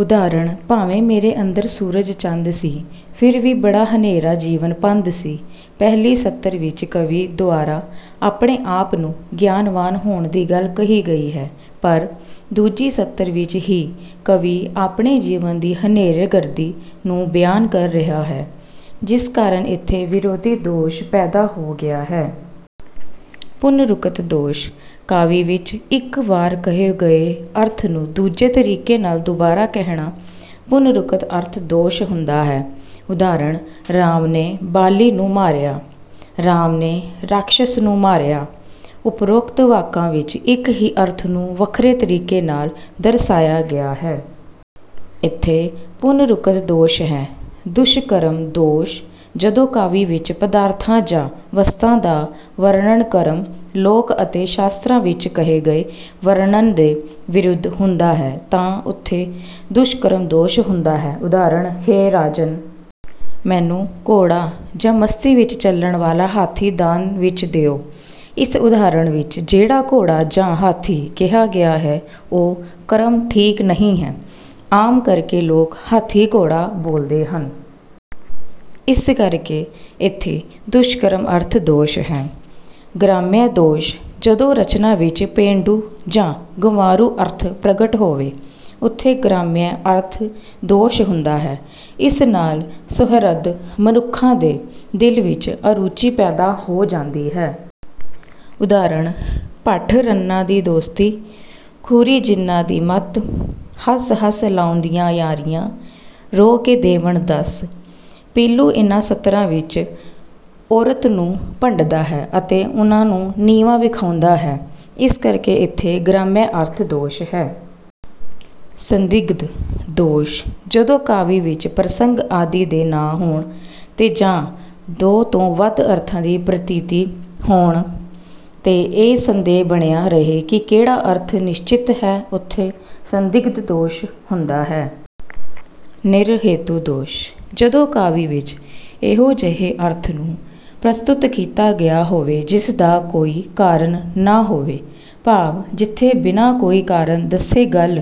ਉਦਾਹਰਣ- ਭਾਵੇਂ ਮੇਰੇ ਅੰਦਰ ਸੂਰਜ ਚੰਦ ਸੀ, ਫਿਰ ਵੀ ਬੜਾ ਹਨੇਰਾ ਜੀਵਨ ਪੰਧ ਸੀ। ਪਹਿਲੀ ਸਤਰ ਵਿੱਚ ਕਵੀ ਦੁਆਰਾ ਆਪਣੇ ਆਪ ਨੂੰ ਗਿਆਨਵਾਨ ਹੋਣ ਦੀ ਗੱਲ ਕਹੀ ਗਈ ਹੈ ਪਰ ਦੂਜੀ ਸਤਰ ਵਿੱਚ ਹੀ ਕਵੀ ਆਪਣੇ ਜੀਵਨ ਦੀ ਹਨੇਰਗਰਦੀ ਨੂੰ ਬਿਆਨ ਕਰ ਰਿਹਾ ਹੈ, ਜਿਸ ਕਾਰਨ ਇਥੇ ਵਿਰੋਧੀ ਦੋਸ਼ ਪੈਦਾ ਹੋ ਗਿਆ ਹੈ। ਪੁਨਰੁਕਤ ਦੋਸ਼: ਕਾਵਿ ਵਿੱਚ ਇੱਕ ਵਾਰ ਕਹੇ ਗਏ ਅਰਥ ਨੂੰ ਦੂਜੇ ਤਰੀਕੇ ਨਾਲ ਦੁਬਾਰਾ ਕਹਿਣਾ ਪੁਨਰੁਕਤ ਅਰਥ ਦੋਸ਼ ਹੁੰਦਾ ਹੈ। ਉਦਾਹਰਣ- ਰਾਮ ਨੇ ਬਾਲੀ ਨੂੰ ਮਾਰਿਆ। ਰਾਮ ਨੇ ਰਾਖਸ਼ਸ ਨੂੰ ਮਾਰਿਆ। ਉਪਰੋਕਤ ਵਾਕਾਂ ਵਿੱਚ ਇੱਕ ਹੀ ਅਰਥ ਨੂੰ ਵੱਖਰੇ ਤਰੀਕੇ ਨਾਲ ਦਰਸਾਇਆ ਗਿਆ ਹੈ। ਇਥੇ ਪੁਨਰੁਕਤ ਦੋਸ਼ ਹੈ। ਦੁਸ਼ਕ੍ਰਮ ਦੋਸ਼: ਜਦੋਂ ਕਾਵਿ ਵਿੱਚ ਪਦਾਰਥਾਂ ਜਾਂ ਵਸਤਾਂ ਦਾ ਵਰਣਨ-ਕ੍ਰਮ ਲੋਕ ਅਤੇ ਸ਼ਾਸਤਰਾਂ ਵਿੱਚ ਕਹੇ ਗਏ ਵਰਣਨ ਦੇ ਵਿਰੁੱਧ ਹੁੰਦਾ ਹੈ ਤਾਂ ਉੱਥੇ ਦੁਸ਼ਕ੍ਰਮ ਦੋਸ਼ ਹੁੰਦਾ ਹੈ। ਉਦਾਹਰਣ- ਹੇ ਰਾਜਨ! ਮੈਨੂੰ ਘੋੜਾ ਜਾਂ ਮਸਤੀ ਵਿੱਚ ਚੱਲਣ ਵਾਲਾ ਹਾਥੀ ਦਾਨ ਵਿੱਚ ਦਿਓ। ਇਸ ਉਦਾਹਰਣ ਵਿੱਚ ਜਿਹੜਾ ਘੋੜਾ ਜਾਂ ਹਾਥੀ ਕਿਹਾ ਗਿਆ ਹੈ, ਉਹ ਕ੍ਰਮ ਠੀਕ ਨਹੀਂ ਹੈ। ਆਮ ਕਰਕੇ ਲੋਕ 'ਹਾਥੀ ਘੋੜਾ' ਬੋਲਦੇ ਹਨ। ਇਸ ਕਰਕੇ ਇੱਥੇ ਦੁਸ਼ਕ੍ਰਮ ਅਰਥ ਦੋਸ਼ ਹੈ। ਗ੍ਰਾਮਯ ਦੋਸ਼: ਜਦੋਂ ਰਚਨਾ ਵਿੱਚ ਪੇਂਡੂ ਜਾਂ ਗੰਵਾਰੂ ਅਰਥ ਪ੍ਰਗਟ ਹੋਵੇ ਉੱਥੇ ਗ੍ਰਾਮਯ ਅਰਥ ਦੋਸ਼ ਹੁੰਦਾ ਹੈ। ਇਸ ਨਾਲ ਸੁਹਿਰਦ ਮਨੁੱਖਾਂ ਦੇ ਦਿਲ ਵਿੱਚ ਅਰੁੱਚੀ ਪੈਦਾ ਹੋ ਜਾਂਦੀ ਹੈ। ਉਦਾਹਰਣ- ਭਠ ਰੰਨਾਂ ਦੀ ਦੋਸਤੀ, ਖ਼ੁਰੀ ਜਿਨ੍ਹਾਂ ਦੀ ਮਤ। ਹੱਸ ਹੱਸ ਲਾਉਂਦੀਆਂ ਯਾਰੀਆਂ, ਰੋ ਕੇ ਦੇਵਣ ਦੱਸ। ਪੀਲੂ ਇਨ੍ਹਾਂ ਸਤਰਾਂ ਵਿੱਚ ਔਰਤ ਨੂੰ ਭੰਡਦਾ ਹੈ ਅਤੇ ਉਨ੍ਹਾਂ ਨੂੰ ਨੀਵਾਂ ਵਿਖਾਉਂਦਾ ਹੈ, ਇਸ ਕਰਕੇ ਇਥੇ ਗ੍ਰਾਮਯ ਅਰਥ ਦੋਸ਼ ਹੈ। ਸੰਦਿਗਧ ਦੋਸ਼: ਜਦੋਂ ਕਾਵਿ ਵਿੱਚ ਪ੍ਰਸੰਗ ਆਦਿ ਦੇ ਨਾ ਹੋਣ 'ਤੇ ਜਾਂ ਦੋ ਤੋਂ ਵੱਧ ਅਰਥਾਂ ਦੀ ਪ੍ਰਤੀਤੀ ਹੋਣ 'ਤੇ ਇਹ ਸੰਦੇਹ ਬਣਿਆ ਰਹੇ ਕਿ ਕਿਹੜਾ ਅਰਥ ਨਿਸ਼ਚਿਤ ਹੈ, ਉੱਥੇ ਸੰਦਿਗਧ ਦੋਸ਼ ਹੁੰਦਾ ਹੈ। ਨਿਰਹੇਤੂ ਦੋਸ਼: ਜਦੋਂ ਕਾਵਿ ਵਿੱਚ ਇਹੋ ਜਿਹੇ ਅਰਥ ਨੂੰ ਪ੍ਰਸਤੂਤ ਕੀਤਾ ਗਿਆ ਹੋਵੇ ਜਿਸਦਾ ਕੋਈ ਕਾਰਨ ਨਾ ਹੋਵੇ ਭਾਵ ਜਿਥੇ ਬਿਨ੍ਹਾਂ ਕੋਈ ਕਾਰਨ ਦੱਸੇ ਗੱਲ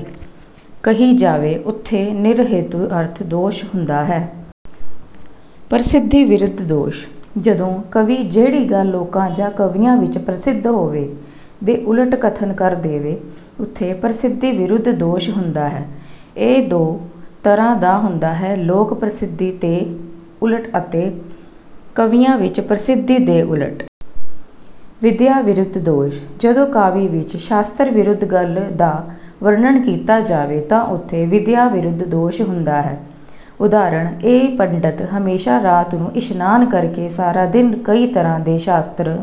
ਕਹੀ ਜਾਵੇ ਉੱਥੇ ਨਿਰਹੇਤੂ ਅਰਥ ਦੋਸ਼ ਹੁੰਦਾ ਹੈ। ਪ੍ਰਸਿੱਧੀਵਿਰੁੱਧ ਦੋਸ਼: ਜਦੋਂ ਕਵੀ ਜਿਹੜੀ ਗੱਲ ਲੋਕਾਂ ਜਾਂ ਕਵੀਆਂ ਵਿੱਚ ਪ੍ਰਸਿੱਧ ਹੋਵੇ, ਦੇ ਉਲਟ ਕਥਨ ਕਰ ਦੇਵੇ, ਉਥੇ 'ਪ੍ਰਸਿੱਧੀਵਿਰੁੱਧ' ਦੋਸ਼ ਹੁੰਦਾ ਹੈ। ਇਹ ਦੋ ਤਰ੍ਹਾਂ ਦਾ ਹੁੰਦਾ ਹੈ- ਲੋਕ ਪ੍ਰਸਿੱਧੀ ਦੇ ਉੱਲਟ ਅਤੇ ਕਵੀਆਂ ਵਿੱਚ ਪ੍ਰਸਿੱਧੀ ਦੇ ਉਲਟ। ਵਿਦਿਆ ਵਿਰੁੱਧ ਦੋਸ਼: ਜਦੋਂ ਕਾਵਿ ਵਿੱਚ ਸ਼ਾਸਤਰ ਵਿਰੁੱਧ ਗੱਲ ਦਾ ਵਰਣਨ ਕੀਤਾ ਜਾਵੇ ਤਾਂ ਉਥੇ ਵਿਦਿਆ ਵਿਰੁੱਧ ਦੋਸ਼ ਹੁੰਦਾ ਹੈ। ਉਦਾਹਰਣ- ਇਹ ਪੰਡਤ ਹਮੇਸ਼ਾ ਰਾਤ ਨੂੰ ਇਸ਼ਨਾਨ ਕਰਕੇ ਸਾਰਾ ਦਿਨ ਕਈ ਤਰ੍ਹਾਂ ਦੇ ਸ਼ਾਸਤਰ